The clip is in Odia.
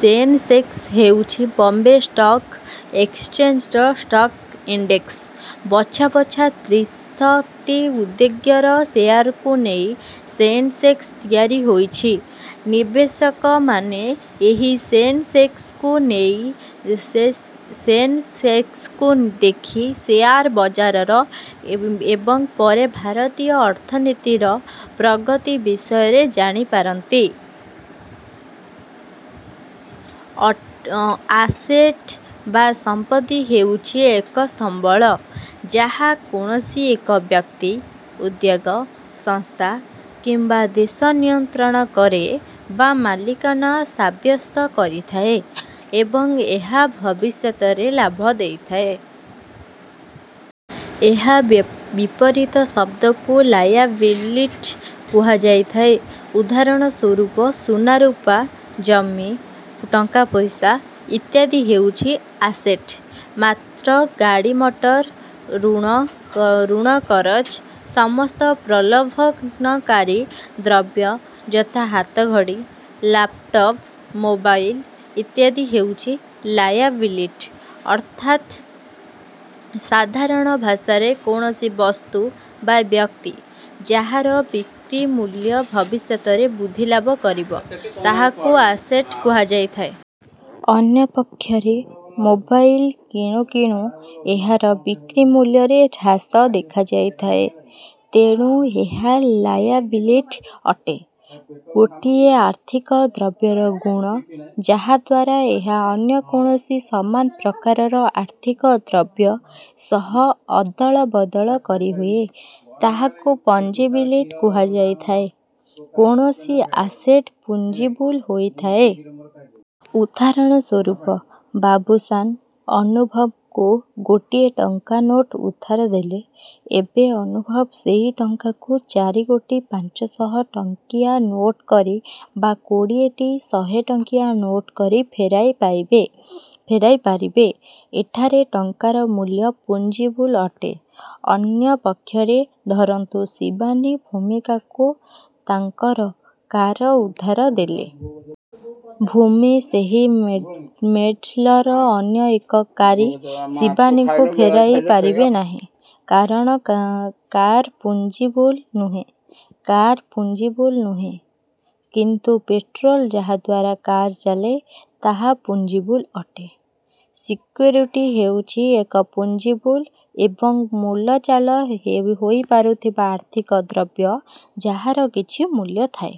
ସେନସେକ୍ସ ହେଉଛି ବମ୍ବେ ଷ୍ଟକ୍ ଏକ୍ସଚେଞ୍ଜର ଷ୍ଟକ୍ ଇଣ୍ଡେକ୍ସ। ବଛା ବଛା ତ୍ରିଶ ଟି ଉଦ୍ୟୋଗର ଶେୟାରକୁ ନେଇ ସେନସେକ୍ସ ତିଆରି ହୋଇଛି। ନିବେଶକମାନେ ଏହି ସେନସେକ୍ସକୁ ସେନ୍ ସେନସେକ୍ସକୁ ଦେଖି ଶେୟାର ବଜାରର ଏବଂ ପରେ ଭାରତୀୟ ଅର୍ଥନୀତିର ପ୍ରଗତି ବିଷୟରେ ଜାଣିପାରନ୍ତି। ଅଟ୍ ଆସେଟ ବା ସମ୍ପତ୍ତି ହେଉଛି ଏକ ସମ୍ବଳ, ଯାହା କୌଣସି ଏକ ବ୍ୟକ୍ତି, ଉଦ୍ୟୋଗ, ସଂସ୍ଥା କିମ୍ବା ଦେଶ ନିୟନ୍ତ୍ରଣ କରେ ବା ମାଲିକାନା ସାବ୍ୟସ୍ତ କରିଥାଏ ଏବଂ ଏହା ଭବିଷ୍ୟତରେ ଲାଭ ଦେଇଥାଏ। ଏହାର ବିପରୀତ ଶବ୍ଦକୁ ଲାୟାବିଲିଟି କୁହାଯାଇଥାଏ। ଉଦାହରଣ ସ୍ୱରୂପ ସୁନାରୂପା, ଜମି, ଟଙ୍କାପଇସା ଇତ୍ୟାଦି ହେଉଛି ଆସେଟ। ମାତ୍ର ଗାଡ଼ିମଟର, ରୁଣ ଋଣ-କରଜ, ସମସ୍ତ ପ୍ରଲୋଭନକାରୀ ଦ୍ରବ୍ୟ ଯଥା ହାତଘଡ଼ି, ଲାପଟପ, ମୋବାଇଲ ଇତ୍ୟାଦି ହେଉଛି ଲାୟାବିଲିଟ୍। ଅର୍ଥାତ ସାଧାରଣ ଭାଷାରେ କୌଣସି ବସ୍ତୁ ବା ବ୍ୟକ୍ତି, ଯାହାର ବିକ୍ରିମୂଲ୍ୟ ଭବିଷ୍ୟତରେ ବୃଦ୍ଧି ଲାଭ କରିବ, ତାହାକୁ ଆସେଟ କୁହାଯାଇଥାଏ। ଅନ୍ୟପକ୍ଷରେ ମୋବାଇଲ କିଣୁ କିଣୁ ଏହାର ବିକ୍ରିମୂଲ୍ୟରେ ହ୍ରାସ ଦେଖାଯାଇଥାଏ, ତେଣୁ ଏହା ଲାୟାବିଲିଟି ଅଟେ। ଗୋଟିଏ ଆର୍ଥିକ ଦ୍ରବ୍ୟର ଗୁଣ, ଯାହାଦ୍ୱାରା ଏହା ଅନ୍ୟ କୌଣସି ସମାନ ପ୍ରକାରର ଆର୍ଥିକ ଦ୍ରବ୍ୟ ସହ ଅଦଳବଦଳ କରିହୁଏ, ତାହାକୁ ଫଞ୍ଜିବିଲିଟ୍ କୁହାଯାଇଥାଏ। କୌଣସି ଆସେଟ ପୁଞ୍ଜିବୁଲ ହୋଇଥାଏ। ଉଦାହରଣ ସ୍ୱରୂପ ବାବୁଶାନ, ଅନୁଭବଙ୍କୁ ଗୋଟିଏ ଟଙ୍କା ନୋଟ ଉଧାର ଦେଲେ। ଏବେ ଅନୁଭବ ସେହି ଟଙ୍କାକୁ ଚାରୋଟି ପାଞ୍ଚ ଶହ ଟଙ୍କିଆ ନୋଟ କରି ବା କୋଡ଼ିଏ ଟି ଶହେ ଟଙ୍କିଆ ନୋଟ କରି ଫେରାଇପାରିବେ ଫେରାଇ ପାରିବେ। ଏଠାରେ ଟଙ୍କାର ମୂଲ୍ୟ ଫଞ୍ଜିବୁଲ ଅଟେ। ଅନ୍ୟପକ୍ଷରେ ଧରନ୍ତୁ ଶିବାନୀ, ଭୂମିଙ୍କୁ ତାଙ୍କର କାର ଉଧାର ଦେଲେ। ଭୂମି ସେହି ମଡେଲର ଅନ୍ୟ ଏକ କାରୀ ଶିବାନୀଙ୍କୁ ଫେରାଇ ପାରିବେ ନାହିଁ; କାରଣ କା କାର ଫଞ୍ଜିବୁଲ ନୁହେଁ। କାର ଫଞ୍ଜିବୁଲ ନୁହେଁ, କିନ୍ତୁ ପେଟ୍ରୋଲ ଯାହାଦ୍ୱାରା କାର ଚାଲେ, ତାହା ଫଞ୍ଜିବୁଲ ଅଟେ। ସିକ୍ୟୁରିଟି ହେଉଛି ଏକ ଫଞ୍ଜିବୁଲ ଏବଂ ମୂଲଚାଲ ହେଇ ହୋଇପାରୁଥିବା ଆର୍ଥିକ ଦ୍ରବ୍ୟ, ଯାହାର କିଛି ମୂଲ୍ୟ ଥାଏ।